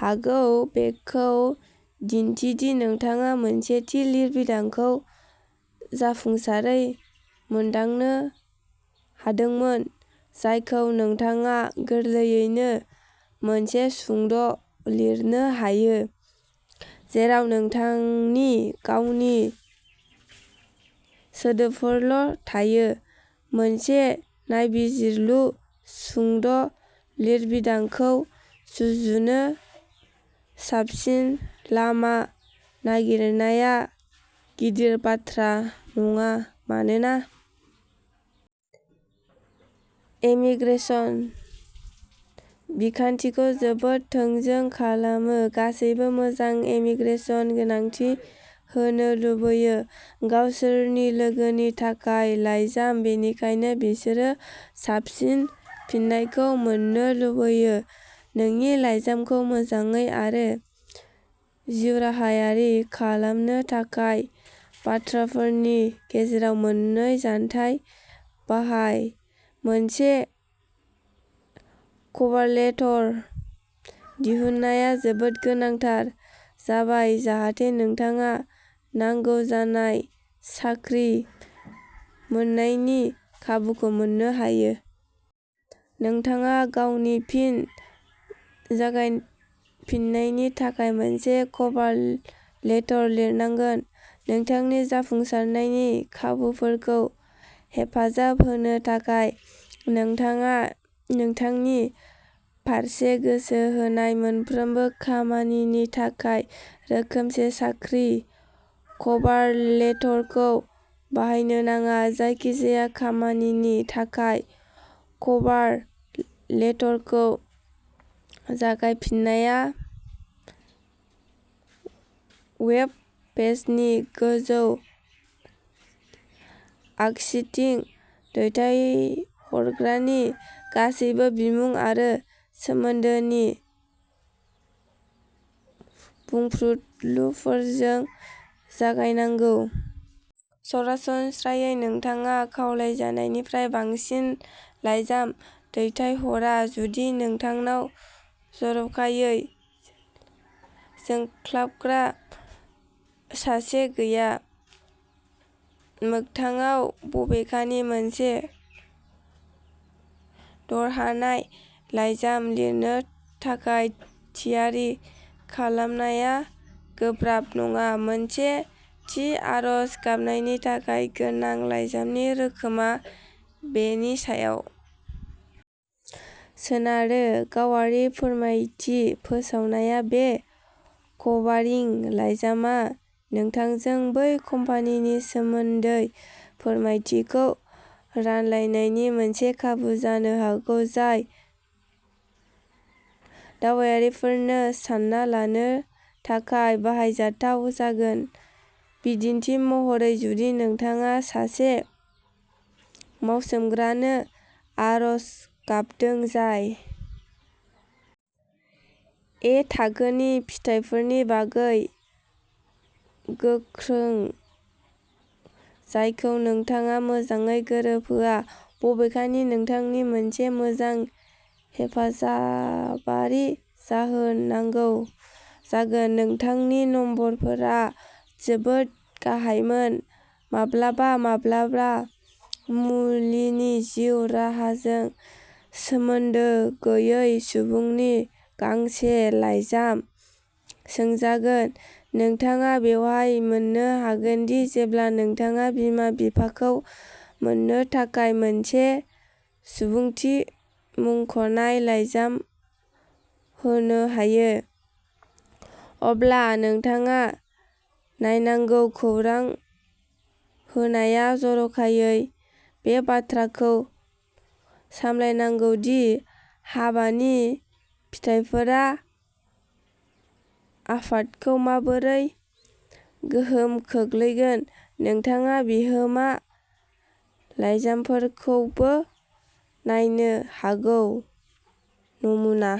हागौ बेखौ दिन्थि दि नोंथाङा मोनसे थि लिरबिदांखौ जाफुंसारै मोनदांनो हादोंमोन जायखौ नोंथाङा गोरलैयैनो मोनसे सुंद' लिरनो हायो जेराव नोंथांनि गावनि सोदोबफोरल'थायो मोनसे नायबिजिरलु सुंद'लिरबिदांखौ सुजुनो साबसिन लामा नागिरनाया गिदिर बाथ्रा नङा मानोना इमीग्रेसन बिखान्थिखौ जोबोद थोंजों खालामो गासैबो मोजां इमीग्रेसन गोनांथि होनो लुबैयो गावसोरनि लोगोनि थाखाय लाइजाम बेनिखायनो बिसोरो साबसिन फिननायखौ मोन्नो लुबैयो नोंनि लाइजामखौ मोजाङै आरो जिउराहायारि खालामनो थाखाय बाथ्राफोरनि गेजेराव मोननै जानथाय बाहाय मोनसे कभारलेटर दिहुननाया जोबोद गोनांथार जाबाय जाहाथे नोंथाङा नांगौ जानाय साख्रि मोन्नायनि खाबुखौ मोननो हायो। नोंथाङा गावनि फिन जागायफिन्नायनि थाखाय मोनसे कभार लेटर लिरनांगोन। नोंथांनि जाफुंसारनायनि खाबुफोरखौ हेफाजाब होनो थाखाय, नोंथाङा नोंथांनि फारसे गोसो होनाय मोनफ्रोमबो खामानिनि थाखाय रोखोमसे साख्रि कभार लेटरखौ बाहायनो नाङा। जायखिजाया खामानिनि थाखाय कभार लेटरखौ जागायफिननाया वेबपेजनि गोजौ आगसिथिं दैथायहरग्रानि गासैबो बिमुं आरो सोमोन्दोनि बुंफ्रुदलुफोरजों जागायनांगौ। सरासनस्रायै नोंथाङा खावलायजानायनिफ्राय बांसिन लाइजाम दैथायहरा जुदि नोंथांनाव जर'खायै जोंख्लाबग्रा सासे गैया मोगथाङाव बबेखानि मोनसे देरहानाय लाइजाम लिरनो थाखाय थियारि खालामनाया गोब्राब नङा। मोनसे थि आर'ज गाबनायनि थाखाय गोनां लाइजामनि रोखोमआ बेनि सायाव सोनारो गावारि फोरमायथि फोसावनाया बे कभारिं लाइजामआ नोंथांजों बै कम्पानिनि सोमोन्दै फोरमायथिखौ रानलायनायनि मोनसे खाबु जानो हागौ जाय दावबायारिफोरनो सानना लानो थाखाय बाहायजाथाव जागोन बिदिन्थि महरै जुदि नोंथाङा सासे मावसोमग्रानो आर'ज गाबदों जाय ए-थाखोनि फिथायफोरनि बागै गोख्रों जायखौ नोंथाङा मोजाङै गोरोबहोआ बबेखानि नोंथांनो मोनसे मोजां हेफाजाबारि जाहोन नांगौ जागोन नोंथांनि नम्बरफोरा जोबोद गाहायमोन माब्लाबा माब्लाबा मुलिनि जिउ राहाजों सोमोन्दो गैयै सुबुंनि गांसे लाइजाम सोंजागोन नोंथाङा बेवहाय मोननो हागोन दि जेब्ला नोंथाङा बिमा बिफाखौ मोननो थाखाय मोनसे सुबुंथि मुंख'नाय लाइजाम होनो हायो अब्ला नोंथाङा नायनांगौ खौरां होनाया जर'खायै बे बाथ्राखौ सामलायनांगौ दि हाबानि फिथायफोरा आफादखौ माबोरै गोहोम खोख्लैगोन नोंथाङा बिहोमा लाइजामफोरखौबो नायनो हागौ नमुना।